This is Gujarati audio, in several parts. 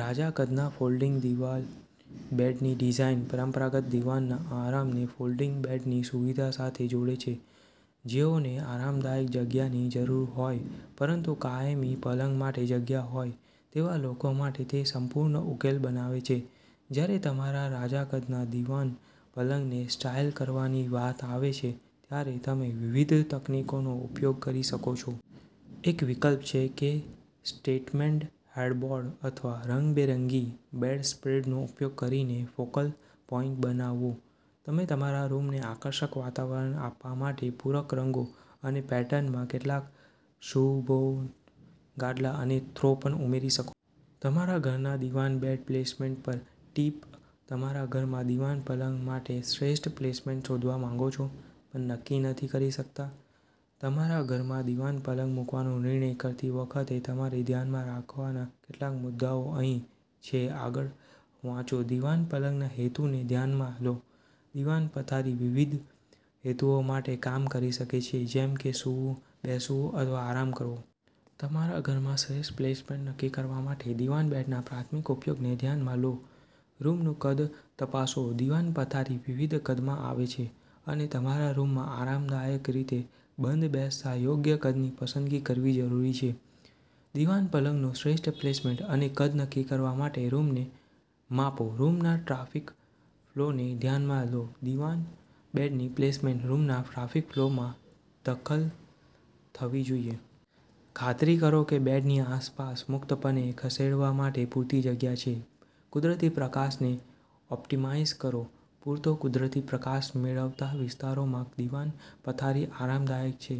રાજા-કદના ફોલ્ડિંગ દીવાન બેડની ડિઝાઇન પરંપરાગત દીવાનના આરામને ફોલ્ડિંગ બેડની સુવિધા સાથે જોડે છે, જેઓને આરામદાયક જગ્યાની જરૂર હોય પરંતુ કાયમી પલંગ માટે જગ્યાહોય તેવા લોકો માટે તે સંપૂર્ણ ઉકેલ બનાવે છે. જ્યારે તમારા રાજા-કદના દીવાન પલંગને સ્ટાઇલ કરવાની વાત આવે છેત્યારે તમે વિવિધ તકનીકોનો ઉપયોગ કરી શકો છો. એક વિકલ્પછે કે સ્ટેટમેન્ટ હેડબોર્ડ અથવા રંગબેરંગી બેડસ્પ્રેડનો ઉપયોગ કરીને ફોકલ પોઇન્ટ બનાવવો. તમે તમારા રૂમને આકર્ષક વાતાવરણ આપવા માટે પૂરક રંગો અને પેટર્નમાં કેટલાક સુશોભન ગાદલા અને થ્રો પણ ઉમેરી શકો છો. તમારા ઘરમાં દિવાન બેડ પ્લેસમેન્ટ પર ટીપ તમારા ઘરમાં દિવાન પલંગ માટે શ્રેષ્ઠ પ્લેસમેન્ટ શોધવા માંગો છો પણ નક્કી નથી કરી શકતા? તમારા ઘરમાં દીવાન પલંગ મૂકવાનો નિર્ણય કરતી વખતે તમારે ધ્યાનમાં રાખવાના કેટલાક મુદ્દાઓ અહીં છેઆગળ વાંચોદિવાન પલંગના હેતુને ધ્યાનમાં લોદિવાન પથારી વિવિધ હેતુઓ માટે કામ કરી શકે છે, જેમ કે સૂવું, બેસવું અથવા આરામ કરવો. તમારા ઘરમાં શ્રેષ્ઠ પ્લેસમેન્ટ નક્કી કરવા માટે દિવાન બેડના પ્રાથમિક ઉપયોગને ધ્યાનમાં લોરૂમનું કદ તપાસોદીવાન પથારી વિવિધ કદમાં આવે છે, અને તમારા રૂમમાં આરામદાયક રીતે બંધબેસતા યોગ્ય કદની પસંદગી કરવી જરૂરી છે. દીવાન પલંગનું શ્રેષ્ઠ પ્લેસમેન્ટ અને કદ નક્કી કરવા માટે રૂમને માપોરૂમના ટ્રાફિક ફ્લોને ધ્યાનમાં લોદિવાન બેડની પ્લેસમેન્ટ રૂમના ટ્રાફિક ફ્લોમાં દખલથવી જોઈએ. ખાતરી કરો કે બેડની આસપાસ મુક્તપણે ખસેડવા માટે પૂરતી જગ્યા છે. કુદરતી પ્રકાશને ઑપ્ટિમાઇઝ કરોપૂરતો કુદરતી પ્રકાશ મેળવતા વિસ્તારોમાં દીવાન પથારી આરામદાયક છે.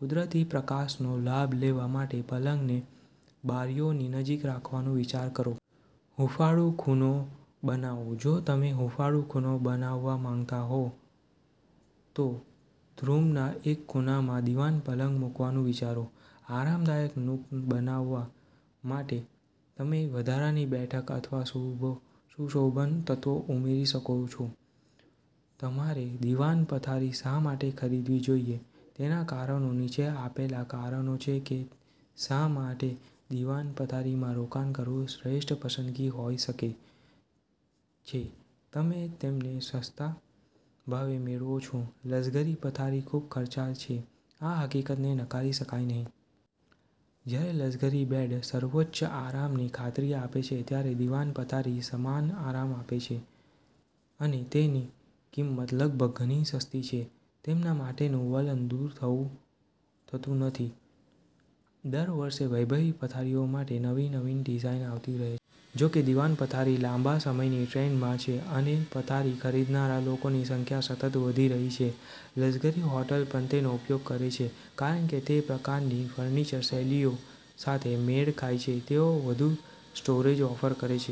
કુદરતી પ્રકાશનો લાભ લેવા માટે પલંગને બારીઓની નજીક રાખવાનો વિચાર કરો. હૂંફાળું ખૂણો બનાવોજો તમે હૂંફાળું ખૂણો બનાવવા માંગતા હો, તો રૂમના એક ખૂણામાં દીવાન પલંગ મૂકવાનું વિચારો. આરામદાયક નૂક બનાવવા માટે તમે વધારાની બેઠક અથવા સુશોભન તત્વો ઉમેરી શકો છો. તમારે દિવાન પથારી શા માટે ખરીદવી જોઈએ તેના કારણો નીચે આપેલા કારણો છે કે શા માટે દિવાન પથારીમાં રોકાણ કરવું શ્રેષ્ઠ પસંદગી હોઈ શકે છેતમે તેમને સસ્તા ભાવે મેળવો છો લક્ઝરી પથારી ખૂબ ખર્ચાળ છેઆ હકીકતને નકારી શકાય નહીં. જ્યારે લક્ઝરી બેડ સર્વોચ્ચ આરામની ખાતરી આપે છે, ત્યારે દિવાન પથારી સમાન આરામ આપે છે અને તેની કિંમત લગભગ ગણી સસ્તી છે. તેમના માટેનું વલણ દૂર થતું નથી દર વર્ષે વૈભવી પથારીઓ માટે નવી, નવીન ડિઝાઇન આવતી રહે છે. જો કે, દિવાન પથારી લાંબા સમયથી ટ્રેન્ડમાં છે અનેપથારી ખરીદનારા લોકોની સંખ્યા સતત વધી રહી છે. લક્ઝરી હોટલ પણ તેનો ઉપયોગ કરે છે કારણ કે તે તમામ પ્રકારની ફર્નિચર શૈલીઓ સાથે મેળ ખાય છે. તેઓ વધુ સ્ટોરેજ ઓફર કરે છે